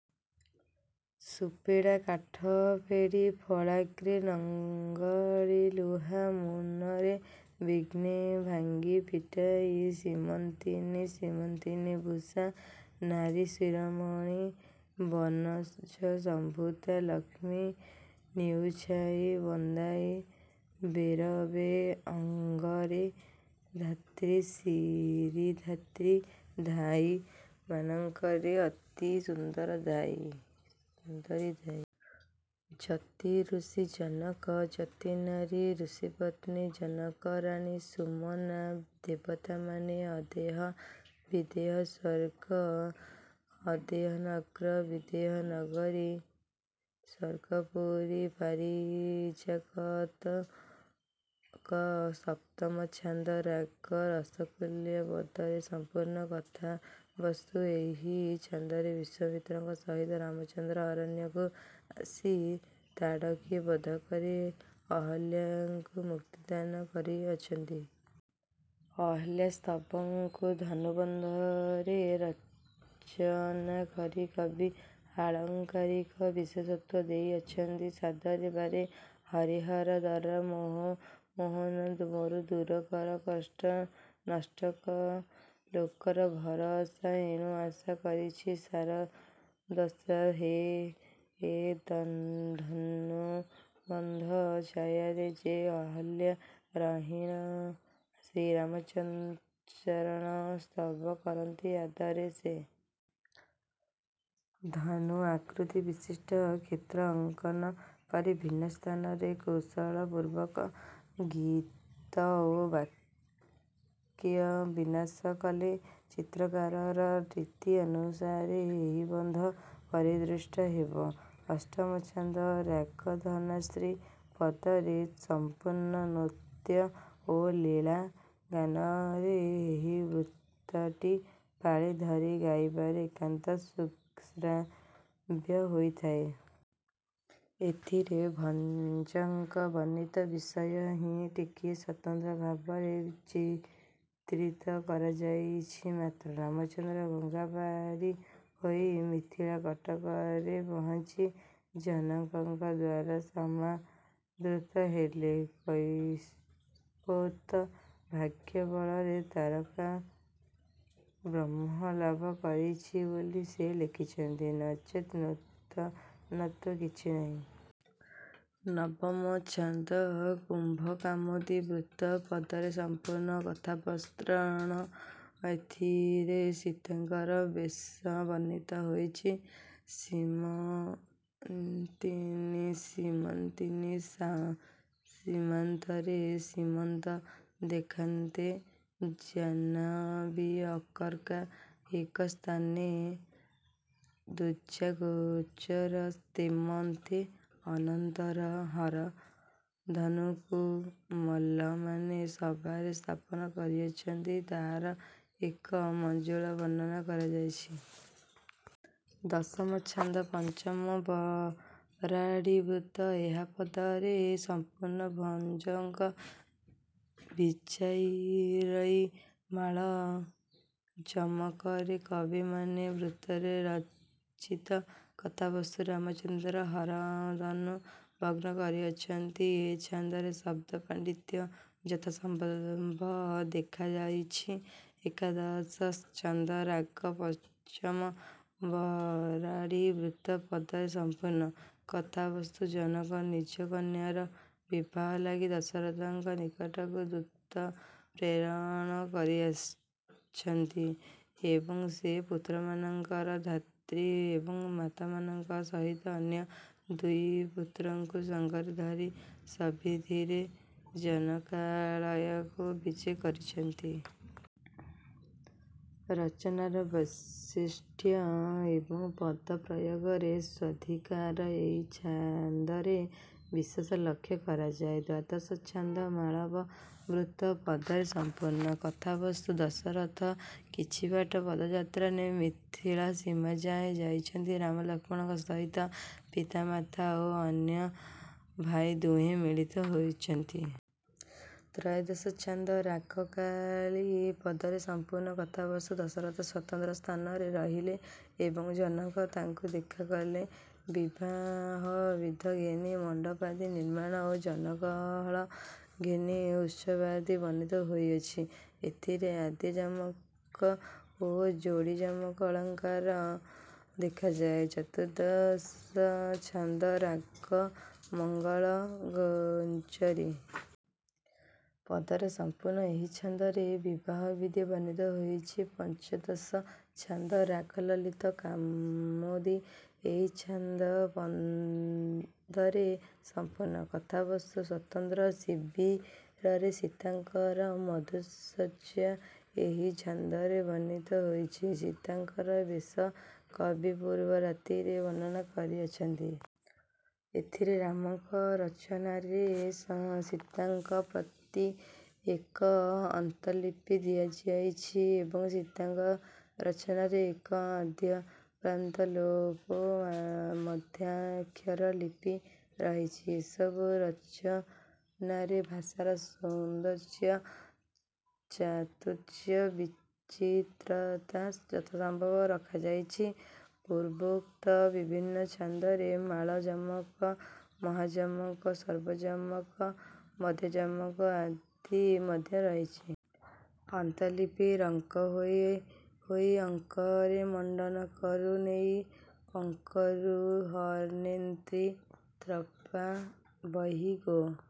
ସୁଫେଡ଼ା − କାଠପେଡ଼ି। ଫଳାଗ୍ରେ - ଲଙ୍ଗଳିଲୁହା ମୁନରେ। ବିଘ୍ନେ - ଭାଙ୍ଗି, ଫିଟାଇ। ସୀମନ୍ତିନୀ - ସୀମନ୍ତିନୀ ଭୂଷା - ନାରୀ ଶିରୋମଣି। ବନଜସମ୍ଭୂତା - ଲକ୍ଷ୍ମୀ। ନିଉଛାଇ - ବନ୍ଦାଇ। ବେରବେ - ଅଙ୍କରେ। ଧାତ୍ରୀ ଶିରୀଧାତ୍ରୀ - ଧାଈମାନଙ୍କରେ ଅତି ସୁନ୍ଦରୀ ଧାଈ। ଯତି - ଋଷି, ଜନକ। ଯତିନାରୀ - ଋଷିପତ୍ନୀ, ଜନକରାଣୀ ସୁମନା - ଦେବତାମାନେ। ଅଦେହ - ବିଦେହ ସ୍ୱର୍ଗ। ଅଦେହ ନଗ୍ର - ବିଦେହ ନଗରୀ, ସ୍ୱର୍ଗପୁରୀ, ପାରିଜାତକ। ସପ୍ତମ ଛାନ୍ଦ-ରାଗ ରସକୂଲ୍ୟା, ପଦରେ ସମ୍ପୂର୍ଣ୍ଣ। କଥାବସ୍ତୁ-ଏହି ଛାନ୍ଦରେ ବିଶ୍ୱାମିତ୍ରଙ୍କ ସହିତ ରାମଚନ୍ଦ୍ର ଅରଣ୍ୟକୁ ଆସି ତାଡ଼କୀ ବଧକରି ଅହଲ୍ୟାକୁ ମୁକ୍ତିଦାନ କରିଅଛନ୍ତି। ଅହଲ୍ୟାସ୍ତବକୁ ଧନୁବନ୍ଧରେ ରଚନା କରି କବି ଆଳଙ୍କାରିକ ବିଶେଷତ୍ୱ ଦେଇଅଛନ୍ତି। ସାଦରେ ବାରେ ହରିହର ଦର ମୋହ ମୋହନ ମୋର ଦୂରକର କଷ୍ଟ ନଷ୍ଟକ ଲୋକର ଭରସା ଏଣୁ ଆଶା କରିଛି ସାରଦଶା ହେ ଏ ଧନୁ ବନ୍ଧ ଛାୟାରେ ଯେ ଅହଲ୍ୟା ରହିଣ ଶ୍ରୀରାମଚରଣ ସ୍ତବ କରନ୍ତି ଆଦରେ ସେ। ଧନୁ ଆକୃତିବିଶିଷ୍ଟ କ୍ଷେତ୍ର ଅଙ୍କନ କରି ଭିନ୍ନ ସ୍ଥାନରେ କୌଶଳପୂର୍ବକ ଗୀତ ଓ ବାକ୍ୟ ବିନ୍ୟାସ କଲେ ଚିତ୍ରକାବ୍ୟର ରୀତି ଅନୁସାରେ ଏହି ବନ୍ଧ ପରିଦୃଷ୍ଟ ହେବ। ଅଷ୍ଟମ ଛାନ୍ଦ-ରାଗ ଧନାଶ୍ରୀ। ପଦରେ ସମ୍ପୂର୍ଣ୍ଣ। ନୃତ୍ୟ ଓ ଲୀଳା ଗାନରେ ଏହି ବୃତ୍ତଟି ପାଳି ଧରି ଗାଇବାରେ ଏକାନ୍ତ ସୁଶ୍ରାବ୍ୟ ହୋଇଥାଏ। ଏଥିରେ ଭଞ୍ଜଙ୍କ ବର୍ଣ୍ଣିତ ବିଷୟ ହିଁ ଟିକିଏ ସ୍ୱତନ୍ତ୍ର ଭାବରେ ଚିତ୍ରିତ କରାଯାଇଛି ମାତ୍ର। ରାମଚନ୍ଦ୍ର ଗଙ୍ଗା ପାରି ହୋଇ ମିଥିଳା କଟକରେ ପହଞ୍ଚି ଜନକଙ୍କଦ୍ୱାରା ସମାଦୃତ ହେଲେ। କୈବର୍ତ୍ତ ଭାଗ୍ୟବଳରେ ତାରକ ବ୍ରହ୍ମ ଲାଭ କରିଛି ବୋଲି ସେ ଲେଖିଛନ୍ତି। ନଚେତ୍ ନୂତନତ୍ୱ କିଛି ନାହିଁ। ନବମ ଛାନ୍ଦ-କୁମ୍ଭ କାମୋଦି ବୃତ୍ତ। ପଦରେ ସମ୍ପୂର୍ଣ୍ଣ। କଥାବସ୍ଣ- ଏଥିରେ ସୀତାଙ୍କର ବେଶ ବର୍ଣ୍ଣିତ ହୋଇଛି। ସୀମନ୍ତିନୀ-ସୀମନ୍ତିନୀ ସୀମାନ୍ତରେ ସୀମନ୍ତ ଦେଖାନ୍ତେ ଜାହ୍ନବୀ ଅର୍କକା ଏକ ସ୍ଥାନେ ଦୁଜା ଗୋଚର ତେମନ୍ତେ। ଅନନ୍ତର ହରଧନୁକୂ ମଲ୍ଲମାନେ ସଭାରେ ସ୍ଥାପନ କରିଅଛନ୍ତି। ତାହାର ଏକ ମଞ୍ଜୁଳ ବର୍ଣ୍ଣନା କରାଯାଇଛି। ଦଶମ ଛାନ୍ଦ-ପଞ୍ଚମ ବରାଡି ବୃତ୍ତ। ଏହା ପଦରେ ସଂପୂର୍ଣ୍ଣ। ଭଞ୍ଜଙ୍କ ''ବିଚାରଇ ମାଳ ଯମକରେ କବି ମନେ" ବୃତ୍ତରେ ରଚିତ। କଥାବସ୍ତୁ-ରାମଚନ୍ଦ୍ର ହରଧନୁ ଭଗ୍ନ କରିଅଛନ୍ତି। ଏ ଛାନ୍ଦରେ ଶବ୍ଦ-ପାଣ୍ଡିତ୍ୟ ଯଥାସମ୍ଭବ ଦେଖାଯାଇଛି। ଏକାଦଶ ଛାନ୍ଦ-ରାଗ ପଞ୍ଚମ ବରାଡ଼ି ବୃତ୍ତ। ପଦରେ ସଂପୂର୍ଣ୍ଣ-। କଥାବସ୍ତୁ-ଜନକ ନିଜ କନ୍ୟାର ବିବାହ ଲାଗି ଦଶରଥଙ୍କ ନିକଟକୁ ଦୂତ ପ୍ରେରଣ କରିଅଛନ୍ତି ଏବଂ ସେ ପୁତ୍ରମାନଙ୍କର ଧାତ୍ରୀ ଏବଂ ମାତାମାନଙ୍କ ସହିତ ଅନ୍ୟ ଦୁଇ ପୁତ୍ରଙ୍କୁ ସଙ୍ଗରେ ଧରି ସବିଧିରେ ଜନକାଳୟକୁ ବିଜେ କରିଛନ୍ତି। ରଚନାର ବୈଶିଷ୍ଟ୍ୟ ଏବଂ ପଦ ପ୍ରୟୋଗରେ ସ୍ୱାଧିକାର ଏଇ ଛାନ୍ଦରେ ବିଶେଷ ଲକ୍ଷ୍ୟ କରାଯାଏ। ଦ୍ୱାଦଶ ଛାନ୍ଦ - ମାଳବ ବୃତ୍ତ। ପଦରେ ସଂପୂର୍ଣ୍ଣ। କଥାବସ୍ତୁ - ଦଶରଥ କିଛିବାଟ ପଦଯାତ୍ରାରେ ମିଥିଳା ସୀମାଯାଏଁ ଯାଇଛନ୍ତି। ରାମ ଲକ୍ଷ୍ମଣଙ୍କ ସହିତ ପିତାମାତା ଓ ଅନ୍ୟ ଭାଇ ଦୁହେଁ ମିଳିତ ହୋଇଛନ୍ତି। ତ୍ରୟୋଦଶ ଛାନ୍ଦ-ରାଗ କାଳୀ। ପଦରେ ସଂପୂର୍ଣ୍ଣ। କଥାବସ୍ତୁ - ଦଶରଥ ସ୍ୱତନ୍ତ୍ର ସ୍ଥାନରେ ରହିଲେ ଏବଂ ଜନକ ତାଙ୍କୁ ଦେଖାକଲେ। ବିବାହବିଧ ଘେନି ମଣ୍ଡପାଦି ନିର୍ମ୍ମାଣ ଓ ଜନଗହଳ ଘେନି ଉତ୍ସବାଦି ବର୍ଣ୍ଣିତ ହୋଇଅଛି। ଏଥିରେ ଆଦ୍ୟଯମକ ଓ ଯୋଡ଼ିଯମକ ଅଳଙ୍କାର ଦେଖାଯାଏ। ଚତୁର୍ଦ୍ଦଶ ଛାନ୍ଦ - ରାଗ ମଙ୍ଗଳଗୁର୍ଜ୍ଜରୀ। ପଦରେ ସଂପୂର୍ଣ୍ଣ। ଏହି ଛାନ୍ଦରେ ବିବାହବିଧି ବର୍ଣ୍ଣିତ ହୋଇଛି। ପଞ୍ଚଦଶ ଛାନ୍ଦ - ରାଗ ଲଳିତ କାମୋଦି। ଏହି ଛାନ୍ଦ ପଦରେ ସଂପୂର୍ଣ୍ଣ। କଥାବସ୍ତୁ - ସ୍ୱତନ୍ତ୍ର ଶିବିରରେ ସୀତାଙ୍କର ମଧୁଶଯ୍ୟା ଏହି ଛାନ୍ଦରେ ବର୍ଣ୍ଣିତ ହୋଇଛି। ସୀତାଙ୍କର ବେଶ କବି ପୂର୍ବ ରାତିରେ ବର୍ଣ୍ଣନା କରିଅଛନ୍ତି। ଏଥିରେ ରାମଙ୍କ ରଚନାରେ ସୀତାଙ୍କ ପ୍ରତି ଏକ ଅନ୍ତର୍ଲିପି ଦିଆଯାଇଛି ଏବଂ ସୀତାଙ୍କ ରଚନାରେ ଏକ ଆଦ୍ୟପ୍ରାନ୍ତ ଲୋପ ମଧ୍ୟାକ୍ଷର ଲିପି ରହିଛି। ଏସବୁ ରଚନାରେ ଭାଷାର ସୌନ୍ଦର୍ଯ୍ୟ, ଚାତୁର୍ଯ୍ୟ, ବିଚିତ୍ରତା ଯଥାସମ୍ଭବ ରଖାଯାଇଛି-। ପୂର୍ବୋକ୍ତ ବିଭିନ୍ନ ଛାନ୍ଦରେ ମାଳଯମକ, ମହାଯମକ, ସର୍ବଯମକ, ମଧ୍ୟଯମକ ଆଦି ମଧ୍ୟ ରହିଛି। ଅନ୍ତର୍ଲିପି - ରଙ୍କ ହୋଇ ଅଙ୍କରେ ମଣ୍ଡନ କରୁ ନେଇ ପଙ୍କରୁହନେତ୍ରୀ ତ୍ରପା ବହି ଗୋ।